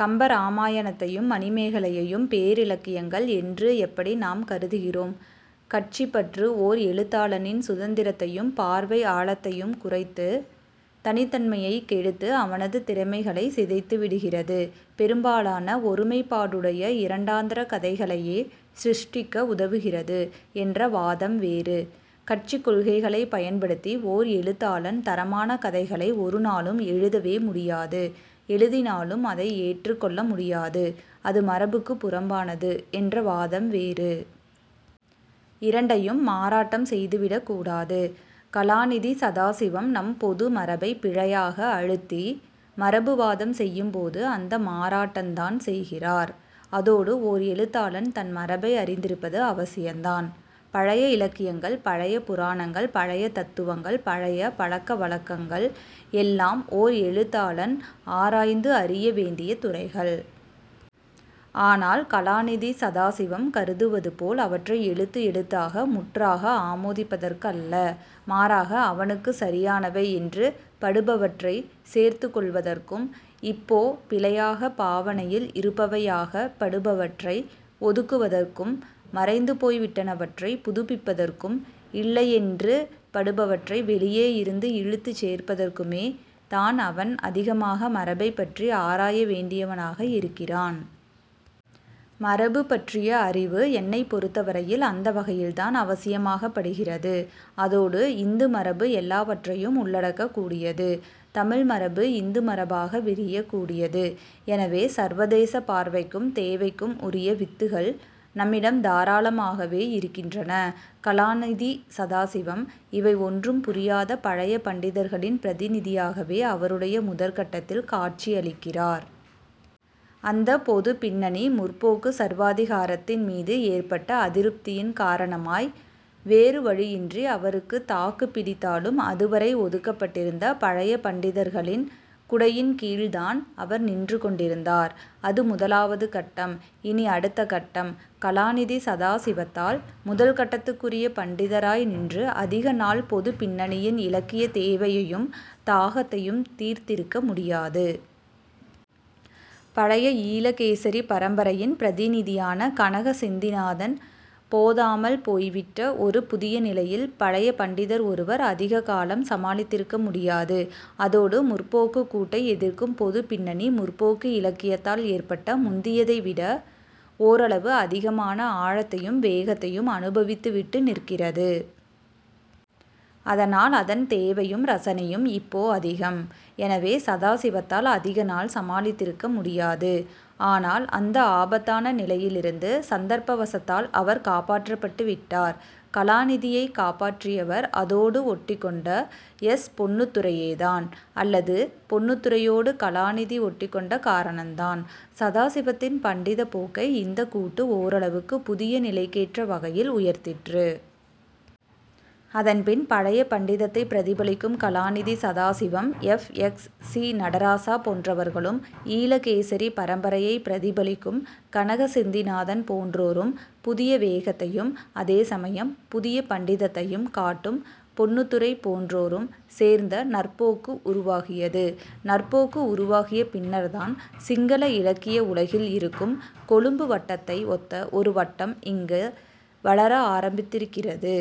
கம்பராமாயணத்தையும் மணிமேகலையையும் பேரிலக்கியங்கள் என்று எப்படி நாம் கருதுகிறோம்? கட்சிப் பற்று, ஓர் எழுத்தாளனின் சுதந்திரத்தையும் பார்வை ஆழத்தையும் குறைத்து, தனித்தன்மையைக் கெடுத்து, அவனது திறமைகளைச் சிதைத்துவிடுகிறது; பெரும்பாலான ஒருமைப்பாடுடைய இரண்டாந்தரக் கதைகளையே சிருஷ்டிக்க உதவுகிறது என்ற வாதம் வேறு. கட்சிக் கொள்கைகளைப் பயன்படுத்தி ஓர் எழுத்தாளன் தரமான கதைகளை ஒரு நாளும் எழுதவே முடியாது; எழுதினாலும் அதை ஏற்றுக் கொள்ள முடியாது; அது மரபுக்கு புறம்பானது என்ற வாதம் வேறு. இரண்டையும் மாறாட்டம் செய்துவிடக்கூடாது. கலாநிதி சதாசிவம் நம் பொது மரபைப் பிழையாக அழுத்தி மரபு வாதம் செய்யும் போது அந்த மாறாட்டந்தான் செய்கிறார். அதோடு, ஓர் எழுத்தாளன் தன் மரபை அறிந்திருப்பது அவசியந்தான். பழைய இலக்கியங்கள், பழைய புராணங்கள், பழைய தத்துவங்கள், பழைய பழக்க வழக்கங்கள் எல்லாம் ஓர் எழுத்தாளன் ஆராய்ந்து அறிய வேண்டிய துறைகள். ஆனால் கலாநிதி சதாசிவம் கருதுவதுபோல் அவற்றை எழுத்து எழுத்தாக முற்றாக ஆமோதிப்பதற்கல்ல. மாறாக, அவனுக்குச் சரியானவை என்று படுபவற்றைச் சேர்த்துக் கொள்வதற்கும், இப்போ பிழையாகப் பாவனையில் இருப்பவையாகப் படுபவற்றை ஒதுக்குவதற்கும், மறைந்து போய்விட்டனவற்றைப் புதுப்பிப்பதற்கும், இல்லையென்று படுபவற்றை வெளியே இருந்து இழுத்துச் சேர்ப்பதற்குமே தான் அவன் அதிகமாக மரபைப்பற்றி ஆராய வேண்டியவனாக இருக்கிறான். மரபுபற்றிய அறிவு, என்னைப் பொருத்தவரையில், அந்த வகையில்தான் அவசியமாகப்படுகிறது. அதோடு இந்து மரபு எல்லாவற்றையும் உள்ளடக்கக் கூடியது. தமிழ் மரபு இந்து மரபாக விரியக் கூடியது. எனவே, சர்வதேசப் பார்வைக்கும் தேவைக்கும் உரிய வித்துகள் நம்மிடம் தாராளமாகவே இருக்கின்றன. கலாநிதி சதாசிவம், இவை ஒன்றும் புரியாத பழைய பண்டிதர்களின் பிரதிநிதியாகவே அவருடைய முதற் கட்டத்தில் காட்சி அளிக்கிறார். அந்தப் பொதுப் பின்னணி, 'முற்போக்கு' சர்வாதிகாரத்தின் மீது ஏற்பட்ட அதிருப்தியின் காரணமாய், வேறு வழியின்றி அவருக்குத் தாக்குப் பிடித்தாலும் அதுவரை ஒதுக்கப்பட்டிருந்த பழைய பண்டிதர்களின் குடையின் கீழ்தான் அவர் நின்றுகொண்டிருந்தார். அது முதலாவது கட்டம். இனி அடுத்த கட்டம். கலாநிதி சதாசிவத்தால் முதல் கட்டத்துக்குரிய பண்டிதராய் நின்று அதிக நாள் பொதுப் பின்னணியின் இலக்கியத் தேவையையும் தாகத்தையும் தீர்த்திருக்க முடியாது. பழைய ஈழகேசரிப் பரம்பரையின் பிரதிநிதியான கனக செந்திநாதன் போதாமல் போய்விட்ட ஒரு புதிய நிலையில் பழைய பண்டிதர் ஒருவர் அதிக காலம் சமாளித்திருக்க முடியாது. அதோடு 'முற்போக்கு'க் கூட்டை எதிர்க்கும் பொதுப் பின்னணி, 'முற்போக்கு' இலக்கியத்தால் ஏற்பட்ட முந்தியதை விட ஓரளவு அதிகமான, ஆழத்தையும் வேகத்தையும் அனுபவித்துவிட்டு நிற்கிறது. அதனால் அதன் தேவையும் ரசனையும் இப்போ அதிகம். எனவே, சதாசிவத்தால் அதிக நாள் சமாளித்திருக்க முடியாது. ஆனால் அந்த ஆபத்தான நிலையிலிருந்து சந்தர்ப்பவசத்தால் அவர் காப்பாற்றப்பட்டுவிட்டார். கலாநிதியைக் காப்பாற்றியவர் அதோடு ஒட்டிக்கொண்ட எஸ். பொன்னுத்துரையேதான். அல்லது பொன்னுத்துரையோடு கலாநிதி ஒட்டிக்கொண்ட காரணந்தான். சதாசிவத்தின் பண்டிதப் போக்கை இந்தக் கூட்டு ஓரளவுக்குப் புதிய நிலைக்கேற்ற வகையில் உயர்த்திற்று. அதன்பின் பழைய பண்டிதத்தைப் பிரதிபலிக்கும் கலாநிதி Sadasivam, F. X. C. Nadarajah போன்றவர்களும் ஈழகேசரிப் பரம்பரையைப் பிரதிபலிக்கும் கனக செந்திநாதன் போன்றோரும் புதிய வேகத்தையும் அதே சமயம் புதிய பண்டிதத்தையும் காட்டும் பொன்னுத்துரை போன்றோரும் சேர்ந்த 'நற்போக்கு' உருவாகியது. 'நற்போக்கு' உருவாகிய பின்னர்தான் சிங்கள இலக்கிய உலகில் இருக்கும் 'கொழும்பு வட்ட'த்தை ஒத்த ஒரு வட்டம் இங்க வளர ஆரம்பித்திருக்கிறது.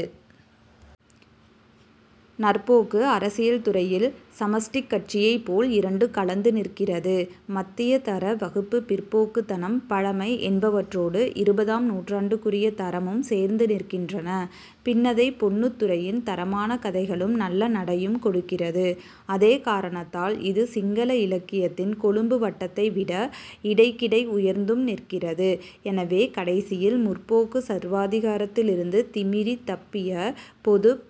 'நற்போக்கு', அரசியல் துறையில் சமஷ்டிக் கட்சியைப்போல் இரண்டுங் கலந்து நிற்கிறது. மத்தியதர வகுப்புப் பிற்போக்குத்தனம், பழமை என்பவற்றோடு இருபதாம் நூற்றாண்டுக்குரிய தரமும் சேர்ந்து நிற்கின்றன. பின்னதைப் பொன்னுத்துரையின் தரமான கதைகளும் நல்ல நடையும் கொடுக்கிறது. அதே காரணத்தால் இது சிங்கள இலக்கியத்தின் கொழும்பு வட்டத்தை விட இடைக்கிடை உயர்ந்தும் நிற்கிறது. எனவே, கடைசியில் 'முற்போக்கு' சர்வாதிகாரத்திலிருந்து திமிறித் தப்பிய பொதுப்